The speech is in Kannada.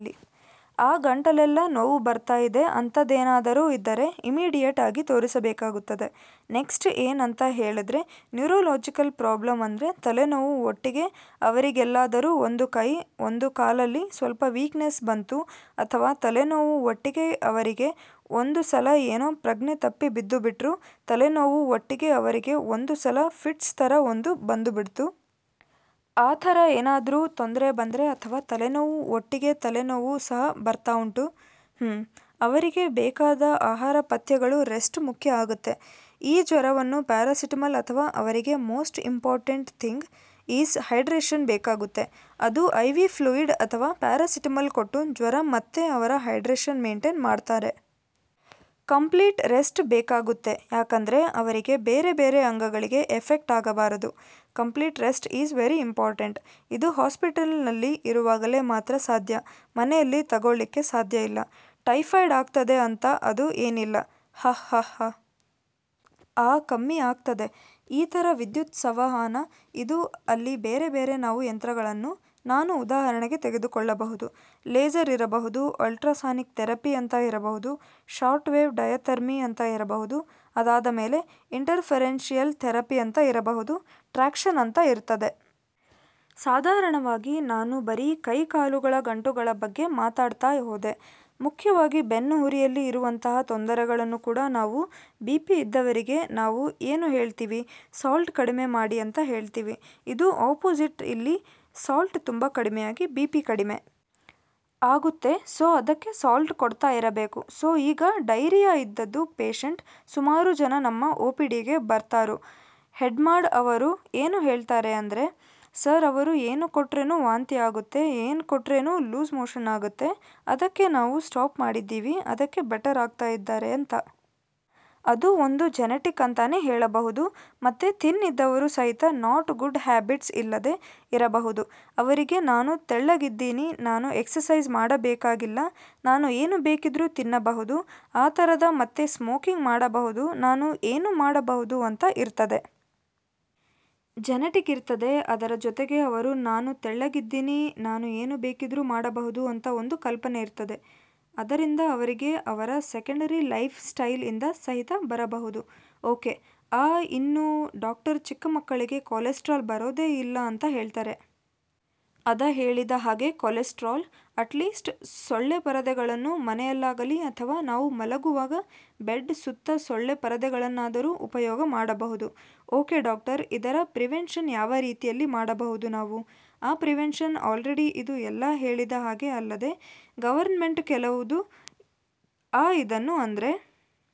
ಆ ಗಂಟಲ್ಲೆಲ್ಲ ನೋವು ಬರ್ತಾ ಇದೆ ಅಂತದೇನಾದರು ಇದ್ದರೆ ಇಮ್ಮಿಡಿಯೇಟ್ ಆಗಿ ತೋರಿಸಬೇಕಾಗುತ್ತದೆ. ನೆಕ್ಸ್ಟ್ ಎನ್ ಅಂತ ಹೇಳಿದ್ರೆ ನ್ಯೂರೋಲಾಜಿಕಲ್ ಪ್ರಾಬ್ಲಮ್ ಅಂದ್ರೆ ತಲೆನೋವು ಒಟ್ಟಿಗೆ ಅವರಿಗೆಲ್ಲಾದರೂ ಒಂದು ಕೈ ಒಂದು ಕಾಲಲ್ಲಿ ಸ್ವಲ್ಪ ವೀಕ್ನೆಸ್ ಬಂತು ಅಥವಾ ತಲೆನೋವು ಒಟ್ಟಿಗೆ ಅವರಿಗೆ ಒಂದು ಸಲ ಏನೋ ಪ್ರಜ್ಞೆ ತಪ್ಪಿ ಬಿದ್ದುಬಿಟ್ರು ತಲೆನೋವು ಒಟ್ಟಿಗೆ ಅವರಿಗೆ ಒಂದು ಸಲ ಫಿಟ್ಸ್ ತರ ಒಂದು ಬಂದುಬಿಡ್ತು. ಆ ತರ ಏನಾದ್ರು ತೊಂದರೆ ಬಂದ್ರೆ ಅಥವಾ ತಲೆನೋವು ಒಟ್ಟಿಗೆ ತಲೆನೋವು ಸಹ ಬರ್ತಾ ಉಂಟು. ಹ್ಮ್. ಅವರಿಗೆ ಬೇಕಾದ ಆಹಾರ ಪಥ್ಯಗಳು ರೆಸ್ಟ್ ಮುಖ್ಯ ಆಗುತ್ತೆ. ಈ ಜ್ವರವನ್ನು ಪ್ಯಾರಾಸಿಟಮಲ್ ಅಥವಾ ಅವರಿಗೆ most important thing is hydration ಬೇಕಾಗುತ್ತೆ. ಅದು ಐವಿ ಫ್ಲೂಯಿಡ್ ಅಥವಾ ಪ್ಯಾರಾಸಿಟಮಲ್ ಕೊಟ್ಟು ಜ್ವರ ಮತ್ತೆ ಅವರ ಹೈಡ್ರೇಶನ್ ಮೇಂಟೈನ್ ಮಾಡ್ತಾರೆ. ಕಂಪ್ಲೀಟ್ ರೆಸ್ಟ್ ಬೇಕಾಗುತ್ತೆ. ಯಾಕಂದ್ರೆ ಅವರಿಗೆ ಬೇರೆ ಬೇರೆ ಅಂಗಗಳಿಗೆ ಎಫೆಕ್ಟ್ ಆಗಬಾರದು. Complete rest is very important. ಇದು ಹಾಸ್ಪಿಟಲ್ ನಲ್ಲಿ ಇರುವಾಗಲೇ ಮಾತ್ರ ಸಾಧ್ಯ ಮನೆಯಲ್ಲಿ ತಗೊಳ್ಳಿಕ್ಕೆ ಸಾಧ್ಯ ಇಲ್ಲ. ಟೈಫಾಯ್ಡ್ ಆಗ್ತದೆ ಅಂತ ಅದು ಏನಿಲ್ಲ. ಹ್ ಹ್ ಹ್. ಆ ಕಮ್ಮಿ ಆಗ್ತದೆ. ಈ ತರ ವಿದ್ಯುತ್ ಸವಹಾನ, ಇದು ಅಲ್ಲಿ ಬೇರೆ ಬೇರೆ ನಾವು ಯಂತ್ರಗಳನ್ನ ನಾನು ಉದಾಹರಣೆಗೆ ತೆಗೆದುಕೊಳ್ಳಬಹುದು. ಲೇಸರ್ ಇರಬಹುದು, ಅಲ್ಟ್ರಾಸಾನಿಕ್ ಥೆರಪಿ ಅಂತ ಇರಬಹುದು, ಶಾರ್ಟ್ ವೇವ್ ಡಯಥರ್ಮಿ ಅಂತ ಇರಬಹುದು. ಅದಾದಮೇಲೆ ಇಂಟರ್ಫೆರೆನ್ಸಿಯಲ್ ಥೆರಪಿ ಅಂತ ಇರಬಹುದು. ಟ್ರಾಕ್ಷನ್ ಅಂತ ಇರ್ತದೆ. ಸಾಧಾರಣವಾಗಿ ನಾನು ಬರೀ ಕೈ ಕಾಲುಗಳ ಗಂಟುಗಳ ಬಗ್ಗೆ ಮಾತಾಡ್ತಾ ಹೋದೆ. ಮುಖ್ಯವಾಗಿ ಬೆನ್ನುಹುರಿಯಲ್ಲಿ ಇರುವಂತಹ ತೊಂದರೆಗಳನ್ನು ಕೂಡ ನಾವು ಬಿಪಿ ಇದ್ದವರಿಗೆ ನಾವು ಏನು ಹೇಳ್ತಿವಿ ಸಾಲ್ಟ್ ಕಡಿಮೆ ಮಾಡಿ ಅಂತ ಹೇಳ್ತಿವಿ ಇದು ಅಪೋಸಿಟ್ ಇಲ್ಲಿ ಸಾಲ್ಟ್ ತುಂಬಾ ಕಡಿಮೆಯಾಗಿ ಬಿಪಿ ಕಡಿಮೆ ಆಗುತ್ತೆ ಸೊ ಅದಕ್ಕೆ ಸಾಲ್ಟ್ ಕೊಡ್ತಾ ಇರಬೇಕು ಸೊ ಈಗ ಡಯರಿಯಾ ಇದ್ದದ್ದು ಪೇಷಂಟ್ ಸುಮಾರು ಜನ ನಮ್ಮ ಓಪಿಡಿಗೆ ಬರ್ತಾರು ಹೆಡ್ಮಾಡ್ ಅವರು ಏನು ಹೇಳ್ತಾರೆ ಅಂದ್ರೆ ಸರ್ ಅವರು ಏನು ಕೊಟ್ರೇನು ವಾಂತಿ ಆಗುತ್ತೆ ಏನ್ ಕೊಟ್ರೇನು ಲೂಸ್ ಮೋಷನ್ ಆಗುತ್ತೆ ಅದಕ್ಕೆ ನಾವು ಸ್ಟಾಪ್ ಮಾಡಿದೀವಿ ಅದಕ್ಕೆ ಬೆಟರ್ ಆಗ್ತಾ ಇದ್ದಾರೆ ಅಂತ. ಅದು ಒಂದು ಜೆನೆಟಿಕ್ ಅಂತಾನೆ ಹೇಳಬಹುದು, ಮತ್ತೆ ಥಿನ್ ಇದ್ದವರು ಸಹಿತ ನಾಟ್ ಗುಡ್ ಹ್ಯಾಬಿಟ್ಸ್ ಇಲ್ಲದೆ ಇರಬಹುದು. ಅವರಿಗೆ ನಾನು ತೆಳ್ಳಗಿದ್ದೀನಿ ನಾನು ಎಕ್ಸಸೈಜ್ ಮಾಡಬೇಕಾಗಿಲ್ಲ, ನಾನು ಏನು ಬೇಕಿದ್ರೂ ತಿನ್ನಬಹುದು, ಆ ತರದ ಮತ್ತೆ ಸ್ಮೋಕಿಂಗ್ ಮಾಡಬಹುದು, ನಾನು ಏನು ಮಾಡಬಹುದು ಅಂತ ಇರ್ತದೆ. ಜೆನೆಟಿಕ್ ಇರ್ತದೆ, ಅದರ ಜೊತೆಗೆ ಅವರು ನಾನು ತೆಳ್ಳಗಿದ್ದೀನಿ ನಾನು ಏನು ಬೇಕಿದ್ರೂ ಮಾಡಬಹುದು ಅಂತ ಒಂದು ಕಲ್ಪನೆ ಇರ್ತದೆ. ಅದರಿಂದ ಅವರಿಗೆ ಅವರ ಸೆಕೆಂಡರಿ ಲೈಫ್ ಸ್ಟೈಲ್ ಇಂದ ಸಹಿತ ಬರಬಹುದು. ಓಕೆ. ಆ ಇನ್ನು ಡಾಕ್ಟರ್ ಚಿಕ್ಕ ಮಕ್ಕಳಿಗೆ ಕೊಲೆಸ್ಟ್ರಾಲ್ ಬರೋದೇ ಇಲ್ಲ ಅಂತ ಹೇಳ್ತಾರೆ. ಅದ ಹೇಳಿದ ಹಾಗೆ ಕೊಲೆಸ್ಟ್ರಾಲ್ ಅಟ್ಲೀಸ್ಟ್ ಸೊಳ್ಳೆ ಪರದೆಗಳನ್ನು ಮನೆಯಲ್ಲಾಗಲಿ ಅಥವಾ ನಾವು ಮಲಗುವಾಗ ಬೆಡ್ ಸುತ್ತ ಸೊಳ್ಳೆ ಪರದೆಗಳನ್ನಾದರೂ ಉಪಯೋಗ ಮಾಡಬಹುದು. ಓಕೆ ಡಾಕ್ಟರ್, ಇದರ ಪ್ರಿವೆನ್ಷನ್ ಯಾವ ರೀತಿಯಲ್ಲಿ ಮಾಡಬಹುದು ನಾವು? ಆ ಪ್ರಿವೆನ್ಷನ್ ಆಲ್ರೆಡಿ ಇದು ಎಲ್ಲಾ ಹೇಳಿದ ಹಾಗೆ ಅಲ್ಲದೆ ಗವರ್ನಮೆಂಟ್ ಕೆಲವುದು ಆ ಇದನ್ನ ಅಂದ್ರೆ